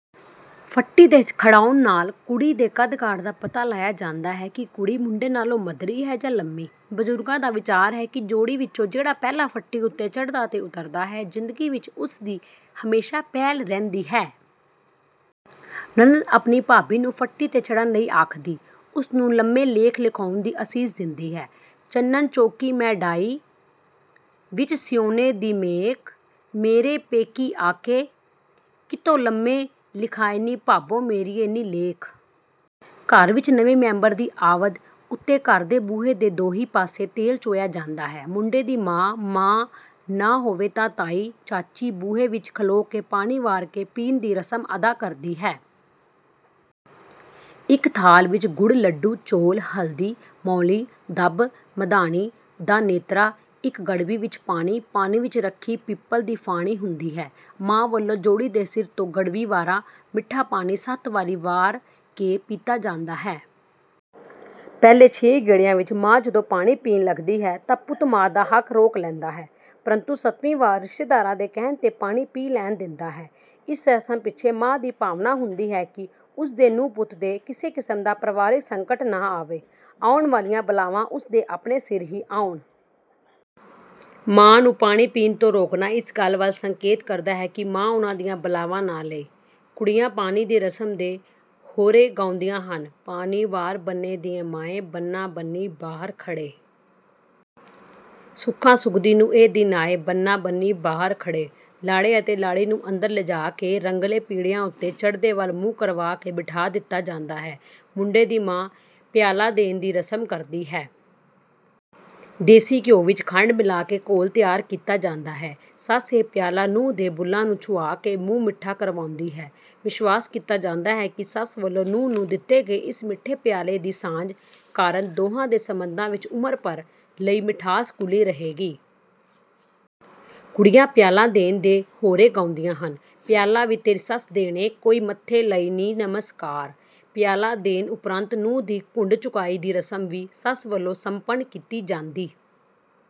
ਫੱਟੀ ਤੇ ਖੜ੍ਹਾਉਣ ਨਾਲ ਕੁੜੀ ਦੇ ਕਦ-ਕਾਠ ਦਾ ਪਤਾ ਲਾਇਆ ਜਾਂਦਾ ਹੈ ਕਿ ਕੁੜੀ, ਮੁੰਡੇ ਨਾਲੋਂ ਮਧਰੀ ਹੈ ਜਾਂ ਲੰਮੀ। ਬਜ਼ੁਰਗਾਂ ਦਾ ਵਿਚਾਰ ਹੈ ਕਿ ਜੋੜੀ ਵਿੱਚੋਂ ਜਿਹੜਾ ਪਹਿਲਾਂ ਫੱਟੀ ਉੱਤੇ ਚੜ੍ਹਦਾ ਤੇ ਉਤਰਦਾ ਹੈ, ਜ਼ਿੰਦਗੀ ਵਿੱਚ ਉਸ ਦੀ ਹਮੇਸ਼ਾ ਪਹਿਲ ਰਹਿੰਦੀ ਹੈ। ਨਣਦ ਆਪਣੀ ਭਾਬੀ ਨੂੰ ਫੱਟੀ ਤੇ ਚੜ੍ਹਨ ਲਈ ਆਖਦੀ, ਉਸਨੂੰ ਲੰਮੇ ਲੇਖ ਲਿਖਾਉਣ ਦੀ ਅਸੀਸ ਦਿੰਦੀ ਹੈ: "ਚੰਨਣ ਚੌਕੀ ਮੈਂ ਡਾਈ, ਵਿੱਚ ਸਿਉਣੇ ਦੀ ਮੇਖ। ਮੇਰੇ ਪੇਕੀ ਆ ਕੇ, ਕਿਤੋਂ ਲੰਮੇ ਲਿਖਾਈਨੀ ਭਾਬੋ ਮੇਰੀਏ ਨੀ ਲੇਖ।" ਘਰ ਵਿੱਚ ਨਵੇਂ ਮੈਂਬਰ ਦੀ ਆਵਦ ਉੱਤੇ ਘਰ ਦੇ ਬੂਹੇ ਦੇ ਦੋਹੀਂ ਪਾਸੇ ਤੇਲ ਚੋਇਆ ਜਾਂਦਾ ਹੈ। ਮੁੰਡੇ ਦੀ ਮਾਂ, ਮਾਂ ਨਾ ਹੋਵੇ ਤਾਂ ਤਾਈ, ਚਾਚੀ, ਬੂਹੇ ਵਿੱਚ ਖਲੋ ਕੇ 'ਪਾਣੀ ਵਾਰ ਕੇ ਪੀਣ' ਦੀ ਰਸਮ ਅਦਾ ਕਰਦੀ ਹੈ। ਇੱਕ ਥਾਲ ਵਿੱਚ ਗੁੜ, ਲੱਡੂ, ਚੌਲ, ਹਲਦੀ, ਮੌਲੀ, ਦੱਬ, ਮਧਾਣੀ ਦਾ ਨੇਤਰਾ, ਇੱਕ ਗੜਵੀ ਵਿੱਚ ਪਾਣੀ, ਪਾਣੀ ਵਿੱਚ ਰੱਖੀ ਪਿੱਪਲ ਦੀ ਫਾਹਣੀ ਹੁੰਦੀ ਹੈ। ਮਾਂ ਵੱਲੋਂ ਜੋੜੀ ਦੇ ਸਿਰ ਤੋਂ ਗੜਵੀ ਵਾਰਾ ਮਿੱਠਾ ਪਾਣੀ ਸੱਤ ਵਾਰੀ ਵਾਰ ਕੇ ਪੀਤਾ ਜਾਂਦਾ ਹੈ। ਪਹਿਲੇ ਛੇ ਗੇੜਿਆਂ ਵਿੱਚ ਮਾਂ ਜਦੋਂ ਪਾਣੀ ਪੀਣ ਲੱਗਦੀ ਹੈ ਤਾਂ ਪੁੱਤ ਮਾਂ ਦਾ ਹੱਕ ਰੋਕ ਲੈਂਦਾ ਹੈ, ਪਰੰਤੂ ਸਤਵੀਂ ਵਾਰ ਰਿਸ਼ਤੇਦਾਰਾਂ ਦੇ ਕਹਿਣ ਤੇ ਪਾਣੀ ਪੀ ਲੈਣ ਦਿੰਦਾ ਹੈ। ਇਸ ਰਸਮ ਪਿੱਛੇ ਮਾਂ ਦੀ ਭਾਵਨਾ ਹੁੰਦੀ ਹੈ ਕਿ ਉਸ ਦੇ ਨੂੰਹ-ਪੁੱਤ ਤੇ ਕਿਸੇ ਕਿਸਮ ਦਾ ਪਰਿਵਾਰਕ ਸੰਕਟ ਨਾ ਆਵੇ, ਆਉਣ ਵਾਲੀਆਂ ਬਲਾਵਾਂ ਉਸ ਦੇ ਆਪਣੇ ਸਿਰ ਹੀ ਆਉਣ। ਮਾਂ ਨੂੰ ਪਾਣੀ ਪੀਣ ਤੋਂ ਰੋਕਣਾ ਇਸ ਗੱਲ ਵੱਲ ਸੰਕੇਤ ਕਰਦਾ ਹੈ ਕਿ ਮਾਂ ਉਨ੍ਹਾਂ ਦੀਆਂ ਬਲਾਵਾਂ ਨਾ ਲਏ। ਕੁੜੀਆਂ ਪਾਣੀ ਦੀ ਰਸਮ ਦੇ ਹੋਅਰੇ ਗਾਉਂਦੀਆਂ ਹਨ: "ਪਾਣੀ ਵਾਰ ਬੰਨੇ ਦੀਏ ਮਾਏ, ਬੰਨਾ-ਬੰਨੀ ਬਾਹਰ ਖੜ੍ਹੇ। ਸੁੱਖਾਂ ਸੁਖਦੀ ਨੂੰ ਇਹ ਦਿਨ ਆਏ, ਬੰਨਾ-ਬੰਨੀ ਬਾਹਰ ਖੜ੍ਹੇ।" ਲਾੜੇ ਅਤੇ ਲਾੜੀ ਨੂੰ ਅੰਦਰ ਲਿਜਾ ਕੇ ਰੰਗਲੇ ਪੀੜ੍ਹਿਆਂ ਉੱਤੇ ਚੜ੍ਹਦੇ ਵੱਲ ਮੂੰਹ ਕਰਵਾ ਕੇ ਬਿਠਾ ਦਿੱਤਾ ਜਾਂਦਾ ਹੈ। ਮੁੰਡੇ ਦੀ ਮਾਂ 'ਪਿਆਲਾ ਦੇਣ' ਦੀ ਰਸਮ ਕਰਦੀ ਹੈ। ਦੇਸੀ ਘਿਉ ਵਿੱਚ ਖੰਡ ਮਿਲਾ ਕੇ ਘੋਲ ਤਿਆਰ ਕੀਤਾ ਜਾਂਦਾ ਹੈ। ਸੱਸ, ਇਹ ਪਿਆਲਾ ਨੂੰਹ ਦੇ ਬੁੱਲ੍ਹਾਂ ਨੂੰ ਛੁਹਾ ਕੇ ਮੂੰਹ ਮਿੱਠਾ ਕਰਵਾਉਂਦੀ ਹੈ। ਵਿਸ਼ਵਾਸ ਕੀਤਾ ਜਾਂਦਾ ਹੈ ਕਿ ਸੱਸ ਵੱਲੋਂ ਨੂੰਹ ਨੂੰ ਦਿੱਤੇ ਗਏ ਇਸ ਮਿੱਠੇ ਪਿਆਲੇ ਦੀ ਸਾਂਝ ਕਾਰਨ ਦੋਹਾਂ ਦੇ ਸੰਬੰਧਾਂ ਵਿੱਚ ਉਮਰ ਭਰ ਲਈ ਮਿਠਾਸ ਘੁਲੀ ਰਹੇਗੀ। ਕੁੜੀਆਂ 'ਪਿਆਲਾ ਦੇਣ' ਦੇ ਹੋਅਰੇ ਗਾਉਂਦੀਆਂ ਹਨ: "ਪਿਆਲਾ ਵੀ ਤੇਰੀ ਸੱਸ ਦੇਣੇ, ਕੋਈ ਮੱਥੇ ਲਈ ਨੀ ਨਮਸ਼ਕਾਰ।" ਪਿਆਲਾ ਦੇਣ ਉਪਰੰਤ ਨੂੰਹ ਦੀ ਘੁੰਡ ਚੁਕਾਈ ਦੀ ਰਸਮ ਵੀ ਸੱਸ ਵੱਲੋਂ ਸੰਪੰਨ ਕੀਤੀ ਜਾਂਦੀ